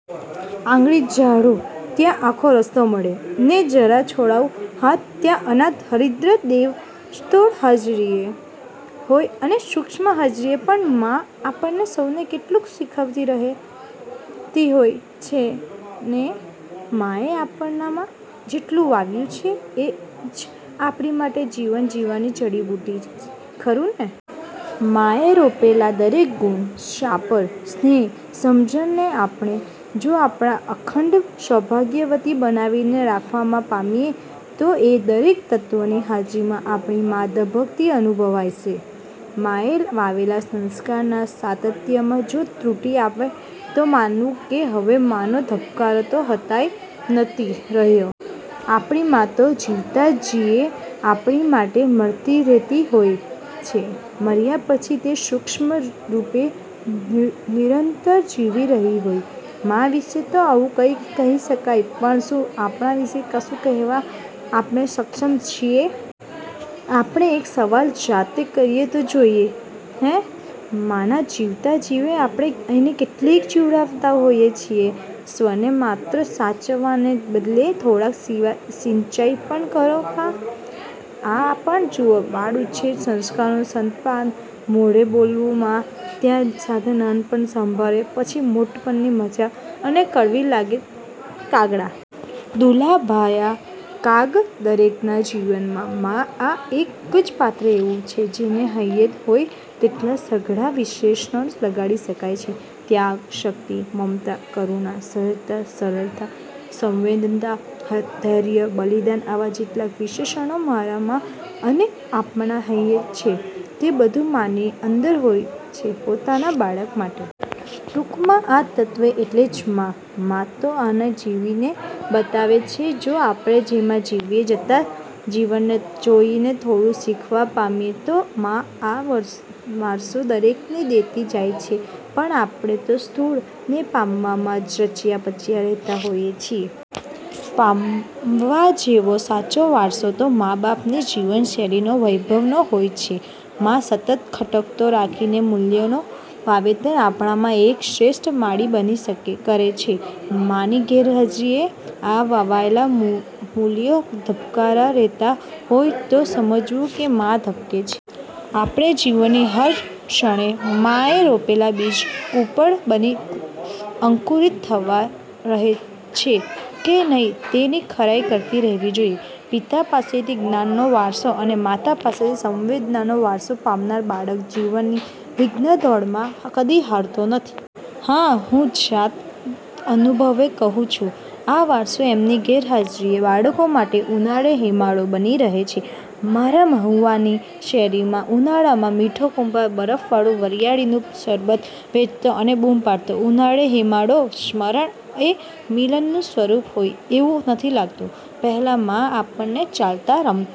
આંગળી ઝાલું ત્યાં આખો રસ્તો મળે, ને.. જરા છોડાવું હાથ ત્યાં અનાથ હરીન્દ્ર દેવ સ્થૂળ હાજરીએ હોય અને સૂક્ષ્મ હાજરીએ પણ 'મા' આપણને સૌને કેટકેટલું શીખવતી રહેતી હોય છે હેં ને? મા એ આપણામાં જેટલું વાવ્યું છે એ જ આપણી માટે જીવન જીવવાની જડીબુટ્ટી, ખરું ને! મા એ રોપેલા દરેક ગુણ, સારપ, સ્નેહ, સમજણને આપણે જો આપણામાં અખંડ સૌભાગ્યવતી બનાવીને રાખવા પામીએ તો એ દરેક તત્ત્વની હાજરીમાં આપણી ' મા' ધબકતી અનુભવાશે. માએ વાવેલા સંસ્કારોનાં સાતત્યમાં જો ત્રુટી આવે તો માનવું કે હવે માનો ધબકારો હયાત નથી રહ્યો. આપણી મા તો જીવતાં જીવેય આપણી માટે મરતી રે'તી હોય છે. મર્યા પછીય તે સૂક્ષ્મરૂપે નિરંતર જીવી રહી હોય છે. મા વિષે તો આવું કહી શકાય છે પણ શું આપણા વિષે કશું કહેવા આપણે સક્ષમ છીએ? આપણે એક સવાલ જાતને કરી તો જોઈએ. હેં! માના જીવતાં જીવે આપણે એને કેટલીક જીવાડતાં હોઈએ છીએ? સ્વને માત્ર સાચવવાને બદલે થોડોક સિંચાય પણ ખરો કાં! આ પણ જુઓ: બાળ ઉછેર: સંસ્કારોનું સ્તનપાન મોઢે બોલું મા, ત્યાં સાથે નાનપણ સાંભરે, પછી મોટપની મજા, મને કડવી લાગે કાગડા! દુલા ભાયા કાગ દરેકનાં જીવનમાં 'મા'આ એક જ પાત્ર એવું છે જેને હૈયે હોય તેટલા સઘળાં વિશેષણો લગાડી શકાય છે. ત્યાગ, શક્તિ, મમતા, કરુણા, સહજતા, સરળતા, સંવેદના, ધૈર્ય, બલિદાન આવાં જેટલાં વિશેષણો મારા અને આપના હૈયે છે તે બધું માની અંદર હોય છે પોતાના બાળક માટે. ટૂંકમાં આ તત્ત્વો એટલે જ 'મા'. મા તો આને જીવીને બતાવે છે જો આપણે એનાં જીવ્યે જતાં જીવનને જોઈને થોડું શીખવા પામીએ તો! મા આ વારસો દરેકને દેતી જાય છે પણ આપણે તો સ્થૂળને પામવામાં જ રચ્યા-પચ્યા રે'તા હોઈએ છીએ. પામવા જેવો સાચો વારસો તો મા-બાપની જીવનશૈલીનાં વૈભવનો હોય છે. મા સતત ખટકો રાખીને મૂલ્યોનું વાવેતર આપણામાં એક શ્રેષ્ઠ માળી બની કરે છે. માની ગેરહાજરીએ આ વવાયેલા મૂલ્યો ધબકતા રે'તા હોય તો સમજવું કે મા ધબકે છે. આપણે જીવનની હર ક્ષણે માએ રોપેલા બીજ કુંપળ બની અંકુરિત થતા રહે છે કે નહી તેની ખરાઈ કરતી રહેવી જોઈએ. પિતા પાસેથી જ્ઞાનનો વારસો અને માતા પાસેથી સંવેદનાનો વારસો પામનાર બાળક જીવનની વિઘ્નદોડમાં કદી હારતો નથી. આ હું જાત અનુભવે કહું છું. આ વારસો એમની ગેરહાજરીએ બાળકો માટે 'ઉનાળે હેમાળો' બની રહે. મારા મહુવાની શેરીઓમાં ઉનાળામાં 'મીઠો કુંભાર' બરફવાળું વરિયાળીનું શરબત વેચતો અને બૂમ પાડતો..ઉનાળે હેમાળો.. સ્મરણ એ મિલનનું સ્વરૂપ હોય એવું નથી લાગતું? પહેલા મા આપણને ચાલતા, રમતા,